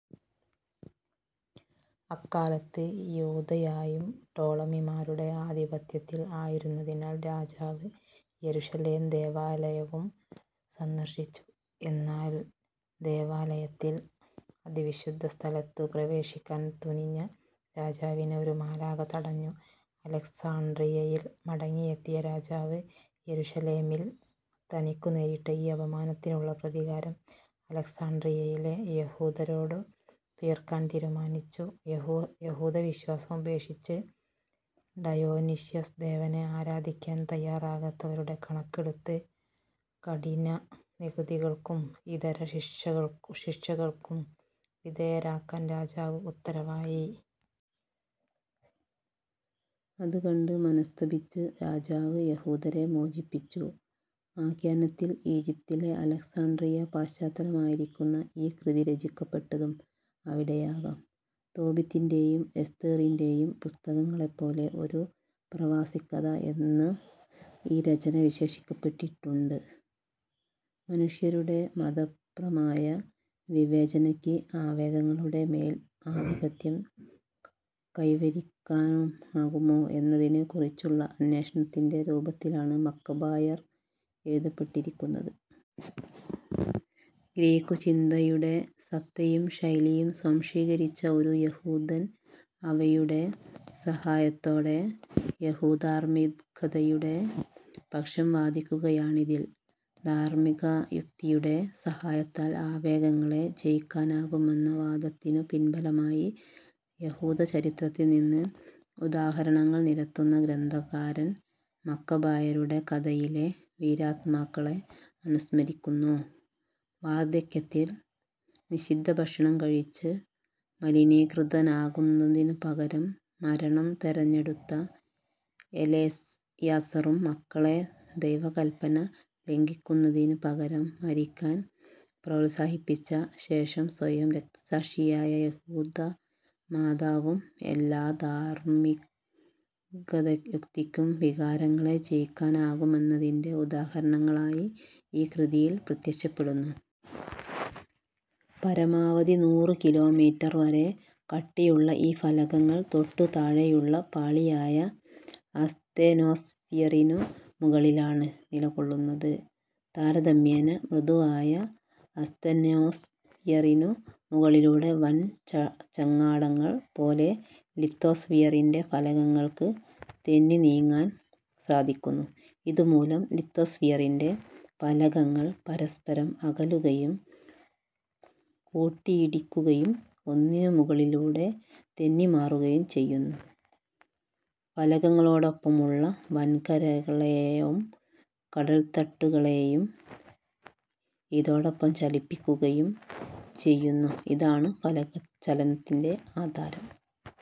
അക്കാലത്ത് യൂദയായും ടോളമിമാരുടെ ആധിപത്യത്തിൽ ആയിരുന്നതിനാൽ രാജാവ് യെരുശലേം ദേവാലയവും സന്ദർശിച്ചു. എന്നാൽ ദേവാലയത്തിൽ അതിവിശുദ്ധസ്ഥലത്തു പ്രവേശിക്കാൻ തുനിഞ്ഞ രാജാവിനെ ഒരു മാലാഖ തടഞ്ഞു. അലക്സാണ്ട്രിയയിൽ മടങ്ങിയെത്തിയ രാജാവ്, യെരുശലേമിൽ തനിക്കു നേരിട്ട ഈ അപമാനത്തിനുള്ള പ്രതികാരം അലക്സാണ്ട്രിയയിലെ യഹൂദരോടു തീർക്കാൻ തീരുമാനിച്ചു. യഹൂദവിശ്വാസം ഉപേക്ഷിച്ച് ഡയോനിഷ്യസ് ദേവനെ ആരാധിക്കാൻ തയ്യാറാകാത്തവരുടെ കണക്കെടുത്ത് കഠിനനികുതികൾക്കും ഇതര ശിക്ഷകൾക്കും വിധേയരാക്കാൻ രാജാവ് ഉത്തരവായി. അതു കണ്ട് മനസ്തപിച്ച് രാജാവ് യഹൂദരെ മോചിപ്പിച്ചു. ആഖ്യാനത്തിൽ ഈജിപ്തിലെ അലക്സാണ്ട്രിയ പശ്ചാത്തലമായിരിക്കുന്ന ഈ കൃതി രചിക്കപ്പെട്ടതും അവിടെയാകാം. തോബിത്തിന്റേയും എസ്തേറിന്റേയും പുസ്തകങ്ങളെപ്പോലെ ഒരു പ്രവാസിക്കഥ എന്നു ഈ രചന വിശേഷിപ്പിക്കപ്പെട്ടിട്ടുണ്ട്. മനുഷ്യരുടെ മതപ്രമായ വിവേചനയ്ക്ക് ആവേഗങ്ങളുടെ മേൽ ആധിപത്യം കൈവരിക്കാനാകുമോ എന്നതിനെക്കുറിച്ചുള്ള അന്വേഷണത്തിന്റെ രൂപത്തിലാണ് മക്കബായർ എഴുതപ്പെട്ടിരിക്കുന്നത്. ഗ്രീക്കു ചിന്തയുടെ സത്തയും ശൈലിയും സ്വാംശീകരിച്ച ഒരു യഹൂദൻ അവയുടെ സഹായത്തോടെ യഹൂദധാർമ്മികതയുടെ പക്ഷം വാദിക്കുകയാണിതിൽ. ധാർമ്മികയുക്തിയുടെ സഹായത്താൽ ആവേഗങ്ങളെ ജയിക്കാനാകുമെന്ന വാദത്തിനു പിൻബലമായി യഹൂദചരിത്രത്തിൽ നിന്ന് ഉദാഹരണങ്ങൾ നിരത്തുന്ന ഗ്രന്ഥകാരൻ മക്കബായരുടെ കഥയിലെ വീരാത്മാക്കളെ അനുസ്മരിക്കുന്നു. വാർദ്ധക്യത്തിൽ നിഷിദ്ധഭക്ഷണം കഴിച്ച് മലിനീകൃതനാകുന്നതിനു പകരം മരണം തെരഞ്ഞെടുത്ത എലെയാസറും, മക്കളെ ദൈവകല്പന ലംഘിക്കുന്നതിനു പകരം മരിക്കാൻ പ്രോത്സാഹിപ്പിച്ച ശേഷം സ്വയം രക്തസാക്ഷിയായ യഹൂദമാതാവും എല്ലാം, ധാർമ്മികയുക്തിയ്ക്ക് വികാരങ്ങളെ ജയിക്കാനാകുമെന്നതിന്റെ ഉദാഹരണങ്ങളായി ഈ കൃതിയിൽ പ്രത്യക്ഷപ്പെടുന്നു. പരമാവധി നൂറു കിലോമീറ്റർ വരെ കട്ടിയുള്ള ഈ ഫലകങ്ങൾ തൊട്ടു താഴെയുള്ള പാളിയായ അസ്തെനോസ്ഫിയറിനു മുകളിലാണ് നിലകൊള്ളുന്നത്. താരതമ്യേന മൃദുവായ അസ്തെനോസ്ഫിയറിനു മുകളിലൂടെ വൻ ചങ്ങാടങ്ങൾ പോലെ ലിത്തോസ്ഫിയറിന്റെ ഫലകങ്ങൾക്ക് തെന്നി നീങ്ങാൻ സാധിക്കുന്നു. ഇതു മൂലം ലിത്തോസ്ഫെറിക് ഫലകങ്ങൾ പരസ്പരം അകലുകയും കൂട്ടിയിടിക്കുകയും ഒന്നിനു മുകളിലൂടെ തെന്നിമാറുകയും ചെയ്യുന്നു. ഫലകങ്ങളോടൊപ്പമുള്ള വൻകരകളേയും, കടൽത്തട്ടുകളേയും ഇതോടൊപ്പം ചലിപ്പിക്കുകയും ചെയ്യുന്നു. ഇതാണ് ഫലകചലനത്തിന് ആധാരം.